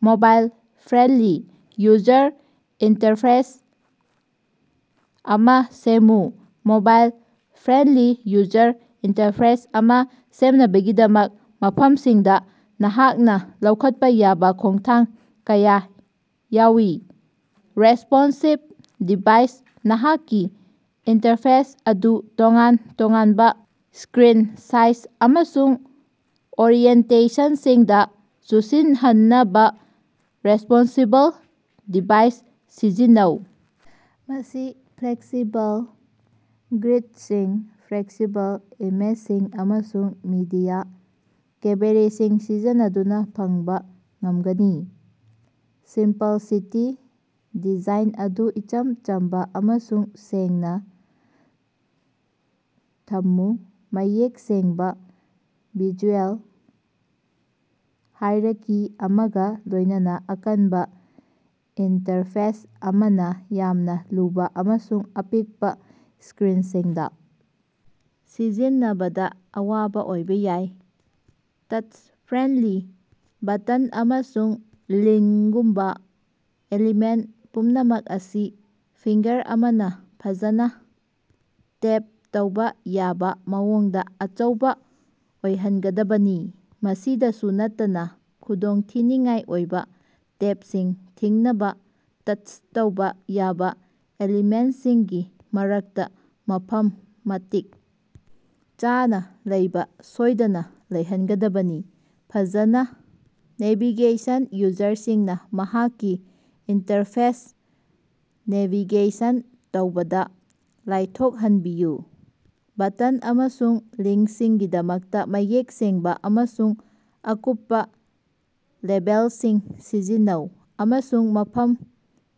Mobile friendly user interface ꯑꯃ ꯁꯦꯝꯃꯨ꯫ Mobile friendly user interface ꯑꯃ ꯁꯦꯝꯅꯕꯒꯤꯗꯃꯛ, ꯃꯐꯝꯁꯤꯡꯗ ꯅꯍꯥꯛꯅ ꯂꯧꯈꯠꯄ ꯌꯥꯕ ꯈꯣꯡꯊꯥꯡ ꯀꯌꯥ ꯌꯥꯎꯏ꯫ ꯔꯦꯁ꯭ꯄꯣꯟꯁꯤꯚ ꯗꯤꯖꯥꯏꯟ: ꯅꯍꯥꯛꯀꯤ ꯏꯟꯇꯔꯐꯦꯁ ꯑꯗꯨ ꯇꯣꯉꯥꯟ-ꯇꯣꯉꯥꯟꯕ ꯁ꯭ꯀꯔꯤꯟ ꯁꯥꯏꯖ ꯑꯃꯁꯨꯡ ꯑꯣꯔꯤꯑꯦꯟꯇꯦꯁꯟꯁꯤꯡꯗ ꯆꯨꯁꯤꯟꯅꯍꯟꯅꯕ ꯔꯦꯁ꯭ꯄꯣꯟꯁꯤꯕꯜ ꯗꯤꯖꯥꯏꯟ ꯁꯤꯖꯤꯟꯅꯧ꯫ ꯃꯁꯤ ꯐ꯭ꯂꯦꯛꯁꯤꯕꯜ ꯒ꯭ꯔꯤꯗꯁꯤꯡ, ꯐ꯭ꯂꯦꯛꯁꯤꯕꯜ ꯏꯃꯦꯖꯁꯤꯡ, ꯑꯃꯁꯨꯡ ꯃꯤꯗꯤꯌꯥ ꯀ꯭ꯕꯦꯔꯤꯁꯤꯡ ꯁꯤꯖꯤꯟꯅꯗꯨꯅ ꯐꯪꯕꯥ ꯉꯝꯒꯅꯤ꯫ ꯁꯤꯝꯄꯜꯁꯤꯇꯤ: ꯗꯤꯖꯥꯏꯟ ꯑꯗꯨ ꯏꯆꯝ ꯆꯝꯕ ꯑꯃꯁꯨꯡ ꯁꯦꯡꯅꯥ ꯊꯝꯃꯨ, ꯃꯌꯦꯛ ꯁꯦꯡꯕ ꯚꯤꯖꯨꯑꯦꯜ ꯍꯥꯏꯔꯀꯤ ꯑꯃꯒ ꯂꯣꯏꯅꯅ꯫ ꯑꯀꯟꯕ ꯏꯟꯇꯔꯐꯦꯁ ꯑꯃꯅꯥ ꯌꯥꯝꯅ ꯂꯨꯕ ꯑꯃꯁꯨꯡ ꯑꯄꯤꯛꯄ ꯁ꯭ꯀꯔꯤꯟꯁꯤꯡꯗ ꯁꯤꯖꯤꯟꯅꯕꯗ ꯑꯋꯥꯕ ꯑꯣꯏꯕ ꯌꯥꯏ꯫ ꯇꯆ-ꯐ꯭ꯔꯦꯟꯂꯤ: ꯕꯇꯟ ꯑꯃꯁꯨꯡ ꯂꯤꯡꯒꯨꯝꯕ ꯑꯦꯂꯤꯃꯦꯟ ꯄꯨꯝꯅꯃꯛ ꯑꯁꯤ ꯐꯤꯡꯒꯔ ꯑꯃꯅ ꯐꯖꯅ ꯇꯦꯞ ꯇꯧꯕ ꯌꯥꯕ ꯃꯑꯣꯡꯗ ꯑꯆꯧꯕ ꯑꯣꯏꯍꯟꯒꯗꯕꯅꯤ꯫ ꯃꯁꯤꯗꯁꯨ ꯅꯠꯇꯅ, ꯈꯨꯗꯣꯡꯊꯤꯅꯤꯉꯥꯏ ꯑꯣꯏꯕ ꯇꯦꯞꯁꯤꯡ ꯊꯤꯡꯅꯕ ꯇꯆ ꯇꯧꯕ ꯌꯥꯕ ꯑꯦꯂꯤꯃꯦꯟꯁꯤꯡꯒꯤ ꯃꯔꯛꯇ ꯃꯐꯝ ꯃꯇꯤꯛ ꯆꯥꯅꯥ ꯂꯩꯕ ꯁꯣꯏꯗꯅ ꯂꯩꯍꯟꯒꯗꯕꯅꯤ꯫ ꯐꯖꯅ ꯅꯦꯚꯤꯒꯦꯁꯟ: ꯌꯨꯖꯔꯁꯤꯡꯅ ꯅꯍꯥꯛꯀꯤ ꯏꯟꯇꯔꯐꯦꯁꯇ ꯅꯦꯚꯤꯒꯦꯁꯟ ꯇꯧꯕꯗ ꯂꯥꯏꯊꯣꯛꯍꯟꯕꯤꯌꯨ꯫ ꯕꯇꯟ ꯑꯃꯁꯨꯡ ꯂꯤꯡꯁꯤꯡꯒꯤꯗꯃꯛꯇ ꯃꯌꯦꯛ ꯁꯦꯡꯕ ꯑꯃꯁꯨꯡ ꯑꯀꯨꯞꯄ ꯂꯦꯕꯦꯜꯁꯤꯡ ꯁꯤꯖꯤꯟꯅꯧ, ꯑꯃꯁꯨꯡ ꯃꯐꯝ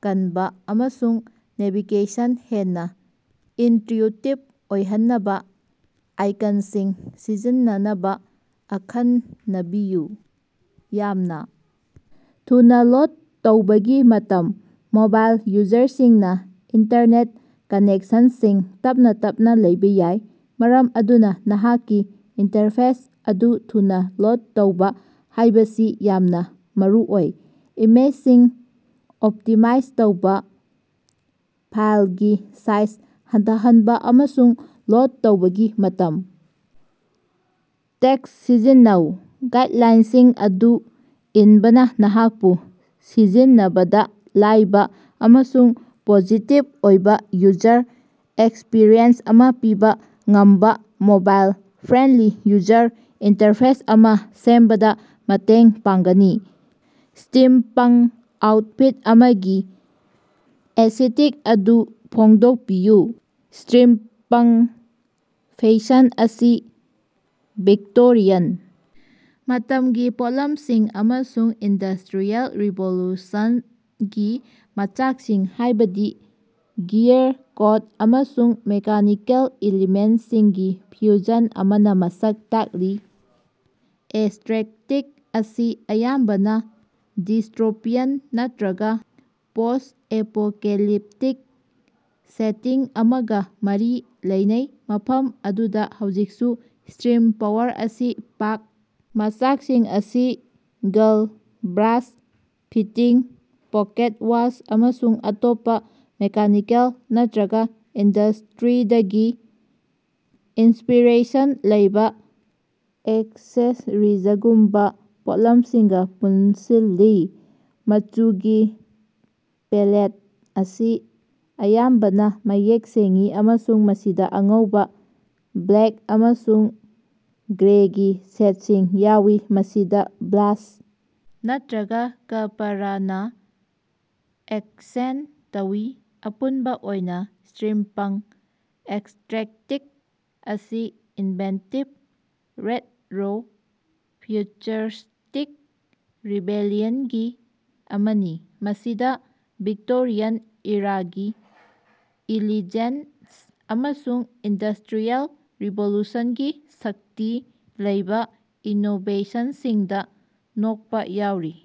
ꯀꯟꯕ ꯑꯃꯁꯨꯡ ꯅꯦꯚꯤꯒꯦꯁꯟ ꯍꯦꯟꯅ ꯏꯟꯇꯌꯨꯇꯤꯕ ꯑꯣꯏꯍꯟꯅꯕ ꯑꯥꯏꯀꯟꯁꯤꯡ ꯁꯤꯖꯤꯟꯅꯅꯕ ꯑꯈꯟꯅꯕꯤꯌꯨ꯫ ꯌꯥꯝꯅ ꯊꯨꯅꯥ ꯂꯣꯗ ꯇꯧꯕꯒꯤ ꯃꯇꯝ: ꯃꯣꯕꯥꯏꯜ ꯌꯨꯖꯔꯁꯤꯡꯅ ꯏꯟꯇꯔꯅꯦꯠ ꯀꯅꯦꯛꯁꯟꯁꯤꯡ ꯇꯞꯅ ꯇꯞꯅ ꯂꯩꯕ ꯌꯥꯏ, ꯃꯔꯝ ꯑꯗꯨꯅ ꯅꯍꯥꯛꯀꯤ ꯏꯟꯇꯔꯐꯦꯁ ꯑꯗꯨ ꯊꯨꯅ ꯂꯣꯗ ꯇꯧꯕ ꯍꯥꯏꯕꯁꯤ ꯌꯥꯝꯅ ꯃꯔꯨꯑꯣꯏ꯫ ꯏꯃꯦꯖꯁꯤꯡ ꯑꯣꯞꯇꯤꯃꯥꯏꯖ ꯇꯧꯕ, ꯐꯥꯏꯜꯒꯤ ꯁꯥꯏꯖ ꯍꯟꯊꯍꯟꯕ, ꯑꯃꯁꯨꯡ ꯂꯣꯗ ꯇꯧꯕꯒꯤ ꯃꯇꯝ ꯇꯦꯛꯁ ꯁꯤꯖꯤꯟꯅꯧ꯫ ꯒꯥꯏꯠꯂꯥꯏꯟꯁꯤꯡ ꯑꯗꯨ ꯏꯟꯕꯅ ꯅꯍꯥꯛꯄꯨ ꯁꯤꯖꯤꯟꯅꯕꯗ ꯂꯥꯏꯕ ꯑꯃꯁꯨꯡ ꯄꯣꯖꯤꯇꯤꯚ ꯑꯣꯏꯕ ꯌꯨꯖꯔ ꯑꯦꯛꯁꯄꯤꯔꯤꯑꯦꯟꯁ ꯑꯃ ꯄꯤꯕ ꯉꯝꯕ ꯃꯣꯕꯥꯏꯜ-ꯐ꯭ꯔꯦꯟꯂꯤ ꯌꯨꯖꯔ ꯏꯟꯇꯔꯐꯦꯁ ꯑꯃꯥ ꯁꯦꯝꯕꯗ ꯃꯇꯦꯡ ꯄꯥꯡꯒꯅꯤ꯫ ꯁ꯭ꯇꯤꯝꯄꯪ ꯑꯥꯎꯠꯐꯤꯠ ꯑꯃꯒꯤ ꯑꯦꯁꯤꯇꯤꯛ ꯑꯗꯨ ꯐꯣꯡꯗꯣꯛꯄꯤꯌꯨ꯫ ꯁ꯭ꯇꯤꯝꯄꯪ ꯐꯦꯁꯟ ꯑꯁꯤ ꯚꯤꯛꯇꯣꯔꯤꯌꯥꯟ ꯃꯇꯝꯒꯤ ꯄꯣꯠꯂꯝꯁꯤꯡ ꯑꯃꯁꯨꯡ ꯏꯟꯗꯁ꯭ꯇꯔꯤꯌꯦꯜ ꯔꯤꯚꯣꯂꯨꯁꯟꯒꯤ ꯃꯆꯥꯛꯁꯤꯡ ꯍꯥꯏꯕꯗꯤ ꯒꯤꯌꯔ, ꯀꯣꯠ, ꯑꯃꯁꯨꯡ ꯃꯦꯀꯥꯅꯤꯀꯦꯜ ꯏꯂꯤꯃꯦꯟꯁꯤꯡꯒꯤ ꯐ꯭ꯌꯨꯖꯟ ꯑꯃꯅ ꯃꯁꯛ ꯇꯥꯛꯂꯤ꯫ ꯑꯦꯁ꯭ꯇꯦꯇꯤꯛ ꯑꯁꯤ ꯑꯌꯥꯝꯕꯅ ꯗꯤꯁ꯭ꯇꯣꯄꯤꯌꯟ ꯅꯠꯇ꯭ꯔꯒ ꯄꯣꯁ꯭ꯠ-ꯑꯦꯄꯣꯀꯦꯂꯤꯞꯇꯤꯛ ꯁꯦꯇꯤꯡ ꯑꯃꯒ ꯃꯔꯤ ꯂꯩꯅꯩ, ꯃꯐꯝ ꯑꯗꯨꯗ ꯍꯧꯖꯤꯛꯁꯨ ꯁ꯭ꯇꯤꯝ ꯄꯥꯋꯔ ꯑꯁꯤ ꯄꯥꯛ ꯃꯆꯥꯛꯁꯤꯡ ꯑꯁꯤ ꯒꯜ, ꯕ꯭ꯔꯥꯁ ꯐꯤꯇꯤꯡ, ꯄꯣꯀꯦꯠ ꯋꯥꯆ, ꯑꯃꯁꯨꯡ ꯑꯇꯣꯞꯄ ꯃꯦꯀꯥꯅꯤꯀꯦꯜ ꯅꯠꯇꯔꯒ ꯏꯟꯗꯁ꯭ꯇꯔꯤꯗꯒꯤ ꯏꯟꯁ꯭ꯄꯤꯔꯦꯁꯟ ꯂꯩꯕ ꯑꯦꯛꯁꯦꯁꯔꯤꯖꯒꯨꯝꯕ ꯄꯣꯠꯂꯝꯁꯤꯡꯒ ꯄꯨꯟꯁꯤꯜꯂꯤ꯫ ꯃꯆꯨꯒꯤ ꯄꯦꯂꯦꯠ ꯑꯁꯤ ꯑꯌꯥꯝꯕꯅ ꯃꯌꯦꯛ ꯁꯦꯡꯏ ꯑꯃꯁꯨꯡ ꯃꯁꯤꯗ ꯑꯉꯧꯕ, ꯕ꯭ꯂꯦꯛ ꯑꯃꯁꯨꯡ ꯒ꯭ꯔꯦꯒꯤ ꯁꯦꯠꯁꯤꯡ ꯌꯥꯎꯏ, ꯃꯁꯤꯗ ꯕ꯭ꯔꯥꯁ ꯅꯠꯇ꯭ꯔꯒ ꯀꯄꯥꯔꯅ ꯑꯦꯛꯁꯦꯟ ꯇꯧꯏ꯫ ꯑꯄꯨꯟꯕ ꯑꯣꯏꯅ, ꯁ꯭ꯇꯤꯝꯄꯪ ꯑꯦꯁ꯭ꯇꯦꯇꯤꯛ ꯑꯁꯤ ꯏꯟꯚꯦꯟꯇꯤꯚ, ꯔꯦꯠꯔꯣ-ꯐ꯭ꯌꯨꯆꯔꯁ꯭ꯇꯤꯛ ꯔꯤꯕꯦꯂꯤꯌꯟꯒꯤ ꯑꯃꯅꯤ, ꯃꯁꯤꯗ ꯚꯤꯛꯇꯣꯔꯤꯌꯥꯟ ꯏꯔꯥꯒꯤ ꯏꯂꯤꯖꯦꯟꯁ ꯑꯃꯁꯨꯡ ꯏꯟꯗꯁ꯭ꯇꯔꯤꯌꯦꯜ ꯔꯤꯚꯣꯂꯨꯁꯟꯒꯤ ꯁꯛꯇꯤ ꯂꯩꯕ ꯏꯅꯣꯕꯦꯁꯟꯁꯤꯡꯗ ꯅꯣꯛꯄ ꯌꯥꯎꯔꯤ꯫